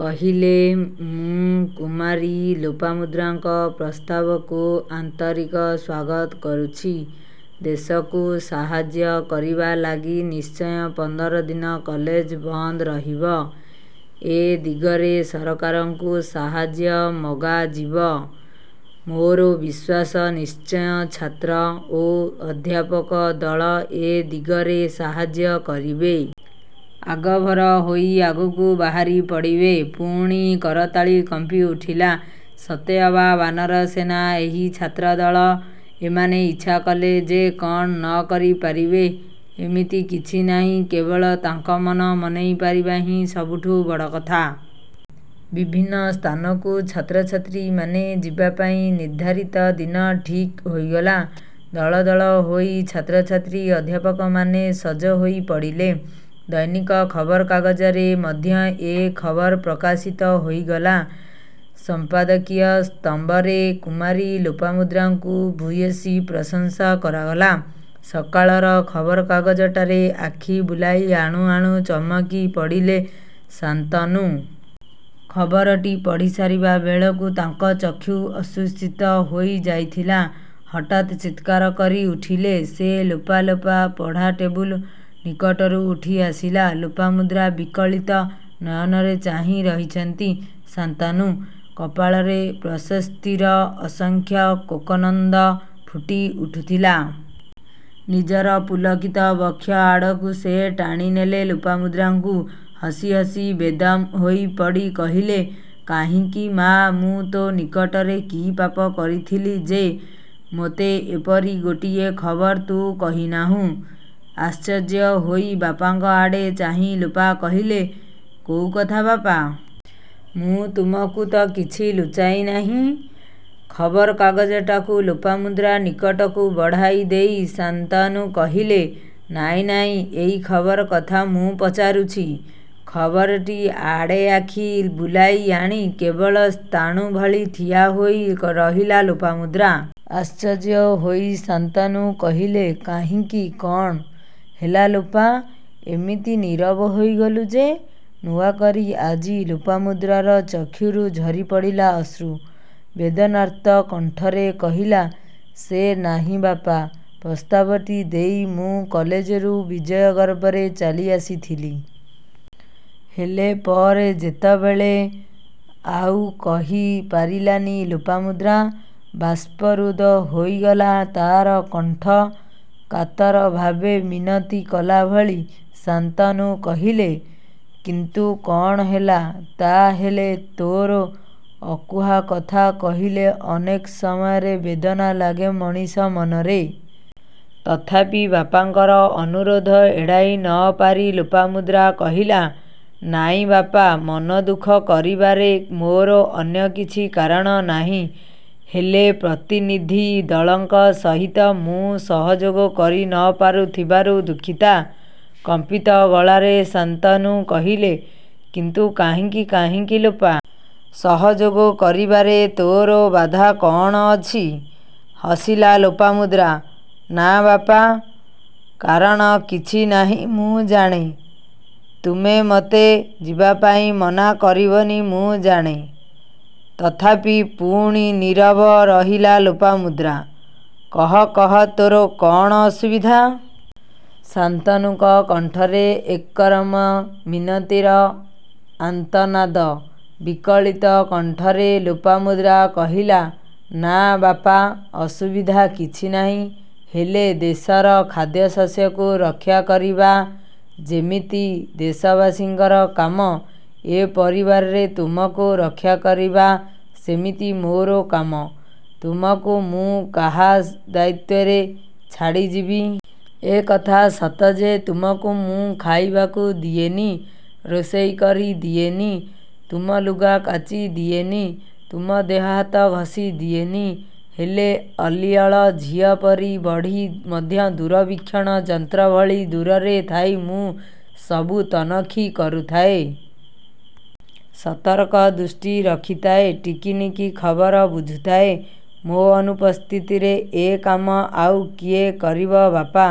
କହିଲେ''ମୁଁ କୁମାରୀ ଲୋପାମୁଦ୍ରାଙ୍କ ପ୍ରସ୍ତାବକୁ ଆନ୍ତରିକ ସ୍ୱାଗତ କରୁଛି। ଦେଶକୁ ସାହାଯ୍ୟ କରିବା ଲାଗି ନିଶ୍ଚୟ ପନ୍ଦର ଦିନ କଲେଜ ବନ୍ଦ ରହିବ। ଏ ଦିଗରେ ସରକାରଙ୍କୁ ସାହାଯ୍ୟ ମଗାଯିବ। ମୋର ବିଶ୍ୱାସ ନିଶ୍ଚୟ ଛାତ୍ର ଓ ଅଧ୍ୟାପକ ଦଳ ଏ ଦିଗରେ ସାହାଯ୍ୟ କରିବେ। ଆଗଭର ହୋଇ ଆଗକୁ ବାହାରି ପଡ଼ିବେ। ପୁଣି କରତାଳି କମ୍ପିଉଠିଲା ସତେ ଅବା ବାନର ସେନା ଏହି ଛାତ୍ର ଦଳ, ଏମାନେ ଇଚ୍ଛା କଲେ ଯେ କ'ଣ ନ କରି ପାରିବେ ଏମିତି କିଛି ନାହିଁ। କେବଳ ତାଙ୍କ ମନ ମନେଇ ପାରିବା ହିଁ ସବୁଠୁ ବଡ଼ କଥା। ବିଭିନ୍ନ ସ୍ଥାନକୁ ଛାତ୍ର ଛାତ୍ରୀମାନେ ଯିବାପାଇଁ ନିର୍ଦ୍ଧାରିତ ଦିନ ଠିକ୍ ହୋଇଗଲା। ଦଳ ଦଳ ହୋଇ ଛାତ୍ର ଛାତ୍ରୀ ଅଧ୍ୟାପକମାନେ ସଜ ହୋଇ ପଡ଼ିଲେ। ଦୈନିକ ଖବରକାଗଜରେ ମଧ୍ୟ ଏ ଖବର ପ୍ରକାଶିତ ହୋଇଗଲା। ସମ୍ପାଦକୀୟ ସ୍ତମ୍ଭରେ କୁମାରୀ ଲୋପାମୁଦ୍ରାଙ୍କୁ ଭୂୟସୀ ପ୍ରଶଂସା କରାଗଲା। ସକାଳର ଖବରକାଗଜଟାରେ ଆଖି ବୁଲାଇ ଆଣୁ ଆଣୁ ଚମକି ପଡ଼ିଲେ ଶାନ୍ତନୁ। ଖବରଟି ପଢ଼ି ସାରିବା ବେଳକୁ ତାଙ୍କ ଚକ୍ଷୁ ଅଶ୍ରୁସିକ୍ତ ହୋଇ ଯାଇଥିଲା। ହଠାତ୍ ଚିତ୍କାର କରି ଉଠିଲେ ସେ ''ଲୋପା ଲୋପ! '' ପଢ଼ା ଟେବୁଲ ନିକଟରୁ ଉଠିଆସିଲା ଲୋପାମୁଦ୍ରା। ବିଗଳିତ ନୟନରେ ଚାହିଁ ରହିଛନ୍ତି ଶାନ୍ତନୁ। କପାଳରେ ପ୍ରଶାସ୍ତିର ଅସଂଖ୍ୟ କୋକନଦ ଫୁଟି ଉଠୁଥିଲା। ନିଜର ପୁଲକିତ ବକ୍ଷ ଆଡ଼କୁ ସେ ଟାଣିନେଲେ ଲୋପାମୁଦ୍ରାକୁ। ହସି ହସି ବେଦମ୍ ହୋଇପଡ଼ି କହିଲେ କାହିଁକି ମାଆ ମୁଁ ତୋ ନିକଟରେ କି ପାପ କରିଥିଲି ଯେ, ମୋତେ ଏପରି ଗୋଟିଏ ଖବର ତୁ କହିନାହୁଁ। ଆଶ୍ଚର୍ଯ୍ୟ ହୋଇ ବାପାଙ୍କ ଆଡ଼େ ଚାହିଁ ଲୋପା କହିଲେ କୋଉ କଥା ବାପା! ମୁଁ ତୁମକୁ ତ' କିଛି ଲୁଚାଇ ନାହିଁ? '' ଖବରକାଗଜଟାକୁ ଲୋପାମୁଦ୍ରା ନିକଟକୁ ବଢ଼ାଇ ଦେଇ ଶାନ୍ତନୁ କହିଲେ ''ନାଇଁ ନାଇଁ ଏଇ ଖବର କଥା ମୁଁ ପଚାରୁଛି। '' ଖବରଟି ଆଡ଼େ ଆଖି ବୁଲାଇ ଆଣି କେବଳ ସ୍ଥାଣୁ ଭଳି ଠିଆ ହୋଇ କ ରହିଲା ଲୋପାମୁଦ୍ରା। ଆଶ୍ଚର୍ଯ୍ୟ ହୋଇ ଶାନ୍ତନୁ କହିଲେ ''କାହିଁକି କ'ଣ ହେଲା ଲୋପା! ଏମିତି ନୀରବ ହୋଇଗଲୁ ଯେ? '' ନୂଆ କରି ଆଜି ଲୋପାମୁଦ୍ରାର ଚକ୍ଷୁରୁ ଝରିପଡ଼ିଲା ଅଶ୍ରୁ। ବେଦନାର୍ତ୍ତ କଣ୍ଠରେ କହିଲା ସେ''ନାହିଁ ବାପା! ପ୍ରସ୍ତାବଟି ଦେଇ ମୁଁ କଲେଜରୁ ବିଜୟ ଗର୍ବରେ ଚାଲି ଆସିଥିଲି। ହେଲେ ପରେ ଯେତେବେଳେ ଆଉ କହି ପାରିଲାନି ଲୋପାମୁଦ୍ରା। ବାଷ୍ପରୁଦ୍ଧ ହୋଇଗଲା ତା'ର କଣ୍ଠ କାତର ଭାବେ ମିନତି କଲା ଭଳି ଶାନ୍ତନୁ କହିଲେ କିନ୍ତୁ କ'ଣ ହେଲା ତା' ହେଲେ ତୋର? ଅକୁହା କଥା କହିଲେ ଅନେକ ସମୟରେ ବେଦନା ଲାଗେ ମଣିଷ ମନରେ। ତଥାପି ବାପାଙ୍କର ଅନୁରୋଧ ଏଡ଼ାଇ ନ ପାରି ଲୋପାମୁଦ୍ରା କହିଲା ନାଇଁ ବାପା, ମନ ଦୁଃଖ କରିବାରେ ମୋର ଅନ୍ୟ କିଛି କାରଣ ନାହିଁ। ହେଲେ ପ୍ରତିନିଧି ଦଳଙ୍କ ସହିତ ମୁଁ ସହଯୋଗ କରି ନ ପାରୁ ଥିବାରୁ ଦୁଃଖିତା। କମ୍ପିତ ଗଳାରେ ଶାନ୍ତନୁ କହିଲେ କିନ୍ତୁ କାହିଁକି କାହିଁକି ଲୋପା! ସହଯୋଗ କରିବାରେ ତୋର ବାଧା କ'ଣ ଅଛି? ହସିଲା ଲୋପାମୁଦ୍ରା। ନାଁ ବାପା! କାରଣ କିଛି ନାହିଁ ମୁଁ ଜାଣେ। ତୁମେ ମୋତେ ଯିବା ପାଇଁ ମନା କରିବନି ମୁଁ ଜାଣେ। ତଥାପି ପୁଣି ନୀରବ ରହିଲା ଲୋପାମୁଦ୍ରା। କହ କହ ତୋର କ'ଣ ଅସୁବିଧା। ଶାନ୍ତନୁଙ୍କ କଣ୍ଠରେ ଏକରମ ମିନତିର ଆନ୍ତନାଦ। ବିକଳିତ କଣ୍ଠରେ ଲୋପାମୁଦ୍ରା କହିଲା ନାଁ ବାପା ଅସୁବିଧା କିଛିନାହିଁ। ହେଲେ ଦେଶର ଖାଦ୍ୟଶସ୍ୟକୁ ରକ୍ଷା କରିବା ଯେମିତି ଦେଶବାସୀଙ୍କର କାମ, ଏ ପରିବାରରେ ତୁମକୁ ରକ୍ଷା କରିବା ସେମିତି ମୋର କାମ। ତୁମକୁ ମୁଁ କାହ ଦାୟିତ୍ୱରେ ଛାଡ଼ିଯିବି? ଏ କଥା ସତ ଯେ ତୁମକୁ ମୁଁ ଖାଇବାକୁ ଦିଏନି, ରୋଷେଇ କରି ଦିଏନି, ତୁମ ଲୁଗା କାଚି ଦିଏନି, ତୁମ ଦେହ ହାତ ଘଷି ଦିଏନି। ହେଲେ ଅଲିଅଳ ଝିଅପରି ବଢ଼ି ମଧ୍ୟ ଦୂରବୀକ୍ଷଣ ଯନ୍ତ୍ର ଭଳି ଦୂରରେ ଥାଇ ମୁଁ ସବୁ ତନଖି କରୁଥାଏ। ସତର୍କ ଦୃଷ୍ଟି ରଖିଥାଏ। ଟିକିନିଖି ଖବର ବୁଝୁଥାଏ। ମୋ ଅନୁପସ୍ଥିତିରେ ଏ କାମ ଆଉ କିଏ କରିବ ବାପା।